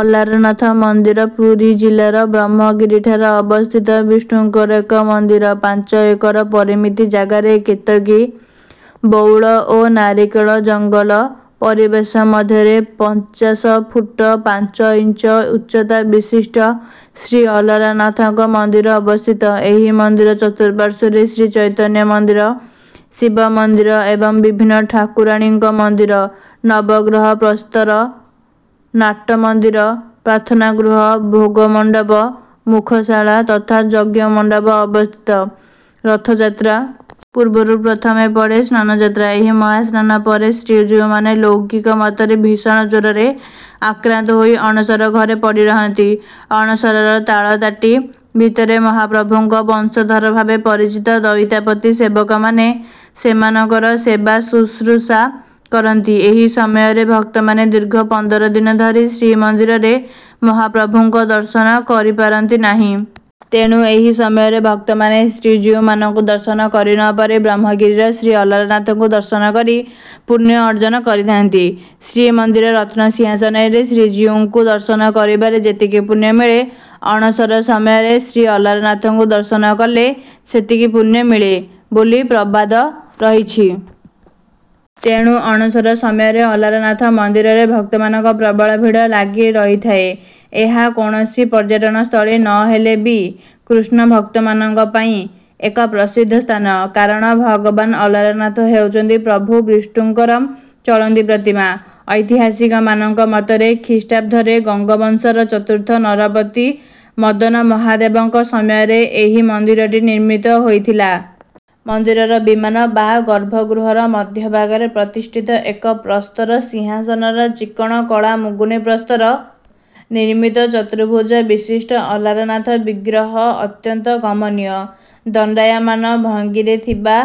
ଅଲାରନାଥ ମନ୍ଦିର ପୁରୀ ଜିଲ୍ଲାର ବ୍ରହ୍ମଗିରିଠାରେ ଅବସ୍ଥିତ ବିଷ୍ଣୁଙ୍କର ଏକ ମନ୍ଦିର। ପାଞ୍ଚ ଏକର ପରିମିତ ଜାଗାରେ କେତକୀ, ବଉଳ ଓ ନାରିକେଳ ଜଙ୍ଗଲ ପରିବେଶ ମଧ୍ୟରେ ପଞ୍ଚାଶ ଫୁଟ ପାଞ୍ଚ ଇଞ୍ଚ ଉଚ୍ଚତା ବିଶିଷ୍ଟ ଶ୍ରୀଅଲାରନାଥଙ୍କ ମନ୍ଦିର ଅବସ୍ଥିତ। ଏହି ମନ୍ଦିର ଚତୁଃପାର୍ଶ୍ୱରେ ଶ୍ରୀଚୈତନ୍ୟ ମନ୍ଦିର, ଶିବ ମନ୍ଦିର ଓ ବିଭିନ୍ନ ଠାକୁରାଣୀଙ୍କ ମନ୍ଦିର, ନବଗ୍ରହ ପ୍ରସ୍ତର, ନାଟମନ୍ଦିର, ପ୍ରାର୍ଥନା ଗୃହ, ଭୋଗମଣ୍ଡପ, ମୁଖଶାଳା ତଥା ଯଜ୍ଞ ମଣ୍ଡପ ଅବସ୍ଥିତ। ରଥଯାତ୍ରା ପୂର୍ବରୁ ପ୍ରଥମେ ପଡ଼େ ସ୍ନାନଯାତ୍ରା। ଏହି ମହାସ୍ନାନ ପରେ ଶ୍ରୀଜୀଉମାନେ ଲୌକିକ ମତରେ ଭୀଷଣ ଜ୍ୱରରେ ଆକ୍ରାନ୍ତ ହୋଇ ଅଣସର ଘରେ ପଡ଼ିରହନ୍ତି। ଅଣସରର ତାଳତାଟି ଭିତରେ ମହାପ୍ରଭୁଙ୍କ ବଂଶଧର ଭାବେ ପରିଚିତ ଦଇତାପତି ସେବକମାନେ ସେମାନଙ୍କର ସେବାଶୁଶ୍ରୂଷା କରନ୍ତି। ସେହି ସମୟରେ ଭକ୍ତମାନେ ଦୀର୍ଘ ପନ୍ଦର ଦିନ ଧରି ଶ୍ରୀମନ୍ଦିରରେ ମହାପ୍ରଭୁଙ୍କ ଦର୍ଶନ କରିପାରନ୍ତି ନାହିଁ। ତେଣୁ ଏହି ସମୟରେ ଭକ୍ତମାନେ ଶ୍ରୀଜୀଉମାନଙ୍କୁ ଦର୍ଶନ କରିନପାରି ବ୍ରହ୍ମଗିରିର ଶ୍ରୀଅଲାରନାଥଙ୍କୁ ଦର୍ଶନ କରି ପୁଣ୍ୟ ଅର୍ଜନ କରିଥାନ୍ତି। ଶ୍ରୀମନ୍ଦିର ରତ୍ନସିଂହାସନରେ ଶ୍ରୀଜୀଉଙ୍କୁ ଦର୍ଶନ କରିବାରେ ଯେତିକି ପୁଣ୍ୟ ମିଳେ, ଅଣସର ସମୟରେ ଶ୍ରୀଅଲାରନାଥଙ୍କୁ ଦର୍ଶନ କଲେ ସେତିକି ପୁଣ୍ୟ ମିଳେ ବୋଲି ପ୍ରବାଦ ରହିଛି। ତେଣୁ ଅଣସର ସମୟରେ ଅଲାରନାଥ ମନ୍ଦିରରେ ଭକ୍ତମାନଙ୍କ ପ୍ରବଳ ଭିଡ଼ ଲାଗିରହିଥାଏ। ଏହା କୌଣସି ପର୍ଯ୍ୟଟନସ୍ଥଳୀ ନହେଲେ ବି କୃଷ୍ଣଭକ୍ତମାନଙ୍କ ପାଇଁ ଏକ ପ୍ରସିଦ୍ଧ ସ୍ଥାନ। କାରଣ ଭଗବାନ ଅଲାରନାଥ ହେଉଛନ୍ତି ପ୍ରଭୁ ବିଷ୍ଣୁଙ୍କର ଚଳନ୍ତି ପ୍ରତିମା। ଐତିହାସିକମାନଙ୍କ ମତରେ ଖ୍ରୀଷ୍ଟାବ୍ଦରେ ଗଙ୍ଗବଂଶର ଚତୁର୍ଥ ନରପତି ମଦନ ମହାଦେବଙ୍କ ସମୟରେ ଏହି ମନ୍ଦିରଟି ନିର୍ମିତ ହୋଇଥିଲା। ମନ୍ଦିରର ବିମାନ ବା ଗର୍ଭଗୃହର ମଧ୍ୟଭାଗରେ ପ୍ରତିଷ୍ଠିତ ଏକ ପ୍ରସ୍ତର ସିଂହାସନରେ ଚିକ୍କଣ କଳା ମୁଗୁନି ପ୍ରସ୍ତର ନିର୍ମିତ ଚତୁର୍ଭୁଜ ବିଶିଷ୍ଟ ଅଲାରନାଥ ବିଗ୍ରହ ଅତ୍ୟନ୍ତ କମନୀୟ। ଦଣ୍ଡାୟମାନ ଭଙ୍ଗୀରେ ଥିବା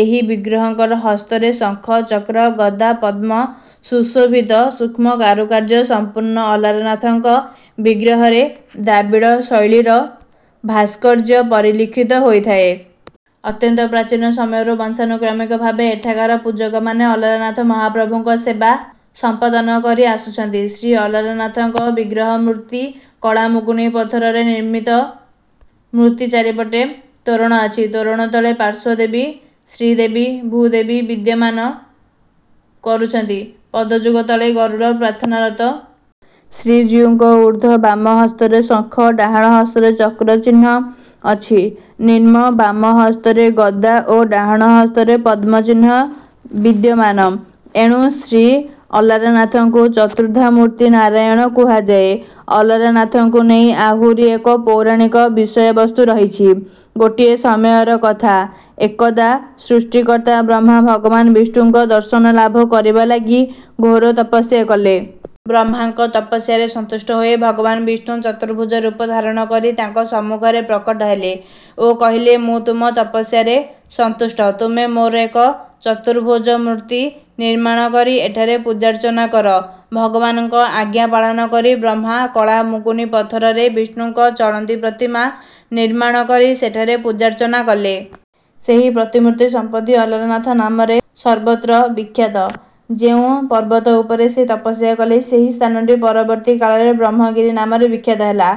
ଏହି ବିଗ୍ରହଙ୍କର ହସ୍ତରେ ଶଙ୍ଖ, ଚକ୍ର, ଗଦା, ପଦ୍ମ ସୁଶୋଭିତ। ସୂକ୍ଷ୍ମ କାରୁକାର୍ଯ୍ୟ ସମ୍ପନ୍ନ ଅଲାରନାଥଙ୍କ ବିଗ୍ରହରେ ଦ୍ରାବିଡ଼ ଶୈଳୀର ଭାସ୍କର୍ଯ୍ୟ ପରିଲକ୍ଷିତ ହୋଇଥାଏ। ଅତ୍ୟନ୍ତ ପ୍ରାଚୀନ ସମୟରୁ ବଂଶାନୁକ୍ରମିକ ଭାବେ ଏଠାକାର ପୂଜକମାନେ ଅଲାରନାଥ ମହାପ୍ରଭୁଙ୍କ ସେବା ସମ୍ପାଦନ କରି ଆସୁଛନ୍ତି। ଶ୍ରୀ ଅଲାରନାଥଙ୍କ ବିଗ୍ରହମୂର୍ତ୍ତି କଳାମୁଗୁନି ପଥରରେ ନିର୍ମିତ। ମୂର୍ତ୍ତି ଚାରିପଟେ ତୋରଣ ଅଛି। ତୋରଣ ତଳେ ପାର୍ଶ୍ୱଦେବୀ ଶ୍ରୀଦେବୀ, ଭୂଦେବୀ ବିଦ୍ୟମାନ କରୁଛନ୍ତି। ପଦଯୁଗ ତଳେ ଗରୁଡ଼ ପ୍ରାର୍ଥନାରତ। ଶ୍ରୀଜୀଉଙ୍କ ଊର୍ଦ୍ଧ୍ୱ ବାମ ହସ୍ତରେ ଶଙ୍ଖ, ଡାହାଣ ହସ୍ତରେ ଚକ୍ରଚିହ୍ନ ଅଛି। ନିମ୍ନ ବାମ ହସ୍ତରେ ଗଦା ଓ ଡାହାଣ ହସ୍ତରେ ପଦ୍ମ ଚିହ୍ନ ବିଦ୍ୟମାନ। ଏଣୁ ଶ୍ରୀ ଅଲାରନାଥଙ୍କୁ ଚତୁର୍ଦ୍ଧାମୂର୍ତ୍ତି ନାରାୟଣ କୁହାଯାଏ। ଅଲାରନାଥଙ୍କୁ ନେଇ ଆହୁରି ଏକ ପୌରାଣିକ ବିଷୟବସ୍ତୁ ରହିଛି। ଗୋଟିଏ ସମୟର କଥା, ଏକଦା ସୃଷ୍ଟିକର୍ତ୍ତା ବ୍ରହ୍ମା ଭଗବାନ୍ ବିଷ୍ଣୁଙ୍କ ଦର୍ଶନ ଲାଭ କରିବା ଲାଗି ଘୋର ତପସ୍ୟା କଲେ। ବ୍ରହ୍ମାଙ୍କ ତପସ୍ୟାରେ ସନ୍ତୁଷ୍ଟ ହୋଇ ଭଗବାନ୍ ବିଷ୍ଣୁ ଚତୁର୍ଭୁଜ ରୂପ ଧାରଣ କରି ତାଙ୍କ ସମ୍ମୁଖରେ ପ୍ରକଟ ହେଲେ ଓ କହିଲେ, "ମୁଁ ତୁମ ତପସ୍ୟାରେ ସନ୍ତୁଷ୍ଟ। ତୁମେ ମୋର ଏକ ଚତୁର୍ଭୁଜ ମୂର୍ତ୍ତି ନିର୍ମାଣ କରି ଏଠାରେ ପୂଜାର୍ଚ୍ଚନା କର।" ଭଗବାନଙ୍କ ଆଜ୍ଞା ପାଳନ କରି ବ୍ରହ୍ମା କଳା ମୁଗୁନି ପଥରରେ ବିଷ୍ଣୁଙ୍କ ଚଳନ୍ତି ପ୍ରତିମା ନିର୍ମାଣ କରି ସେଠାରେ ପୂଜାର୍ଚ୍ଚନା କଲେ। ସେହି ପ୍ରତିମୂର୍ତ୍ତି ସମ୍ପ୍ରତି ଅଲାରନାଥ ନାମରେ ସର୍ବତ୍ର ବିଖ୍ୟାତ। ଯେଉଁ ପର୍ବତ ଉପରେ ସେ ତପସ୍ୟା କଲେ, ସେହି ସ୍ଥାନଟି ପରବର୍ତ୍ତୀ କାଳରେ ବ୍ରହ୍ମଗିରି ନାମରେ ବିଖ୍ୟାତ ହେଲା।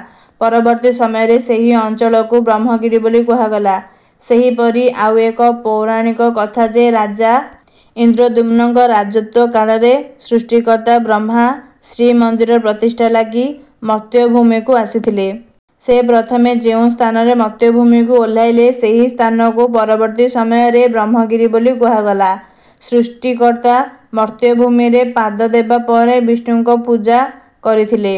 ପରବର୍ତ୍ତୀ ସମୟରେ ସେହି ଅଞ୍ଚଳକୁ ବ୍ରହ୍ମଗିରି ବୋଲି କୁହାଗଲା। ସେହିପରି ଆଉ ଏକ ପୌରାଣିକ କଥା ଯେ, ରାଜା ଇନ୍ଦ୍ରଦ୍ୟୁମ୍ନଙ୍କ ରାଜତ୍ୱ କାଳରେ ସୃଷ୍ଟିକର୍ତ୍ତା ବ୍ରହ୍ମା ଶ୍ରୀମନ୍ଦିର ପ୍ରତିଷ୍ଠା ଲାଗି ମର୍ତ୍ତ୍ୟଭୂମିକୁ ଆସିଥିଲେ। ସେ ପ୍ରଥମେ ଯେଉଁ ସ୍ଥାନରେ ମର୍ତ୍ତ୍ୟଭୂମିକୁ ଓହ୍ଲାଇଲେ, ସେହି ସ୍ଥାନକୁ ପରବର୍ତ୍ତୀ ସମୟରେ ବ୍ରହ୍ମଗିରି ବୋଲି କୁହାଗଲା। ସୃଷ୍ଟିକର୍ତ୍ତା ମର୍ତ୍ତ୍ୟଭୂମିରେ ପାଦ ଦେବା ପରେ ବିଷ୍ଣୁଙ୍କ ପୂଜା କରିଥିଲେ।